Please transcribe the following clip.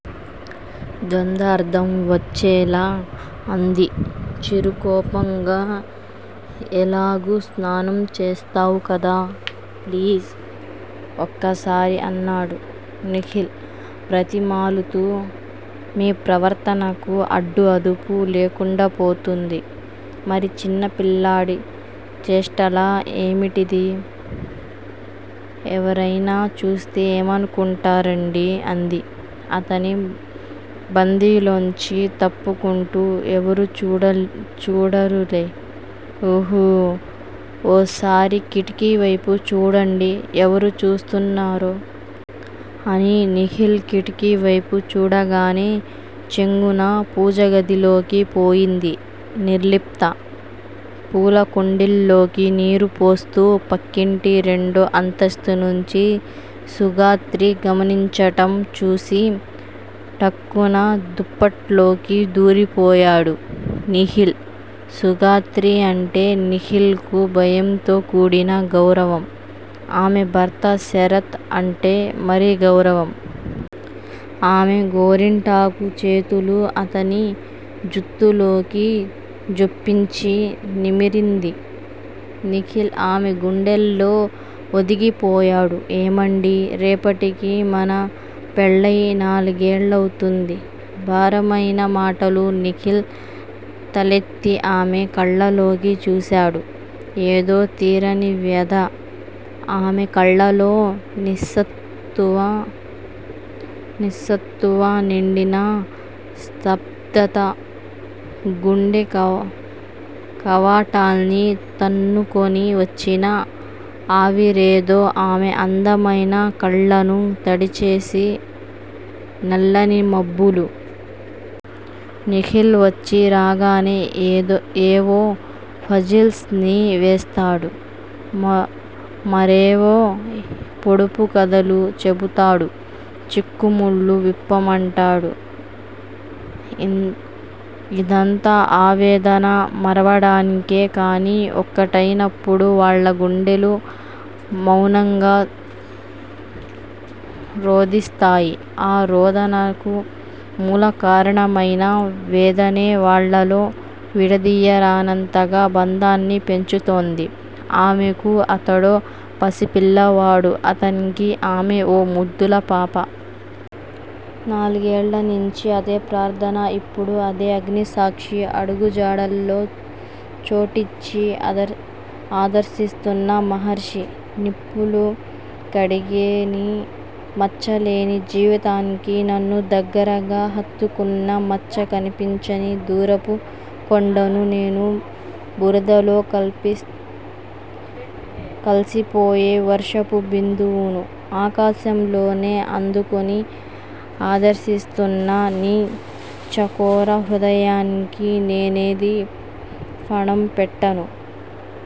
ద్వందార్ధం వచ్చేలా అంది చిరుకోపంగా. ఎలాగూ స్నానం చేస్తావ్ కదా! ప్లీజ్ ఒక్కసారి అన్నాడు నిఖిల్ బ్రతిమాలుతూ. మీ ప్రవర్తనకు అడ్డూ అదుపూ లేకుండాపోతుంది. మరీ చిన్న పిల్లాడి చేష్టలా ఏమిటిది? ఎవరైనాచూస్తే ఏమనుకుంటారండీ అంది అతని బందీలోంచి తప్పుకుంటూ. ఎవరూ చూడరులే. ఊహూ ఓసారి కిటికీ వైపు చూడండి ఎవరు చూస్తున్నారో? అని నిఖిల్ కిటికీ వైపు చూడగానే చెంగున పూజగదిలోకి పోయింది నిర్లిప్త. పూల కుండీల్లోకి నీరు పోస్తూ పక్కింటి రెండో అంతస్తు నుంచి సుగాత్రి గమనించటం చూసి ఠక్కున దుప్పట్లోకి దూరిపోయాడు నిఖిల్. సుగాత్రి అంటే నిఖిల్ కు భయంతో కూడిన గౌరవం. ఆమె భర్త శరత్ అంటే మరీ గౌరవం. ఆమె గోరింటాకు చేతులు అతని జుత్తులోకి జొప్పించి నిమిరింది. నిఖిల్ ఆమె గుండెల్లో ఒదిగిపోయాడు. ఏమండీ రేపటికి మన పెళ్ళయి నాలుగేళ్ళవుతుంది భారమైన మాటలు నిఖిల్ తలెత్తి ఆమె కళ్ళలోకి చూసాడు ఏదో తీరని వ్యధ? ఆమె కళ్ళలో నిస్సత్తువ నిండిన స్థబ్దత గుండె కవాటాల్ని తన్నుకొని వచ్చిన ఆవిరేదో ఆమె అందమైన కళ్ళను తడిచేసి నల్లని మబ్బులు! నిఖిల్ వచ్చీ రాగానే ఏవో ఫజిల్స్ ని వేస్తాడు. మరేవో పొడుపు కథలు చెపుతాడు చిక్కుముళ్ళు విప్పమంటాడు. ఇదంతా ఆవేదన మరవడానికే! కాని ఒక్కటయినపుడు వాళ్ళ గుండెలు మవునంగా రోదిస్తాయి. ఆ రోదనకు మూలకారణమైన వేదనే వాళ్ళలో విడదీయరానంతగా బంధాన్ని పెంచుతోంది. ఆమెకు అతడో పసిపిల్లవాడు అతనికి ఆమె ఓ ముద్దుల పాప. నాలుగేళ్ళనించి అదే ప్రార్ధన! ఇప్పుడూ అదే అగ్నిసాక్షి అడుగుజాడల్లో చోటిచ్చి ఆదరిస్తున్న మహర్షీ! నిప్పులు కడిగే నీ మచ్చలేని జీవితానికి నన్ను దగ్గరగా హత్తుకున్నా మచ్చ కనిపించని దూరపు కొండను నేను! బురదలో కల్సిపోయే వర్షపు బిందువును ఆకాశంలోనే అందుకొని ఆదరిసిస్తున్న నీ చకోర హృదయానికి నేనేది ఫణం పెట్టను?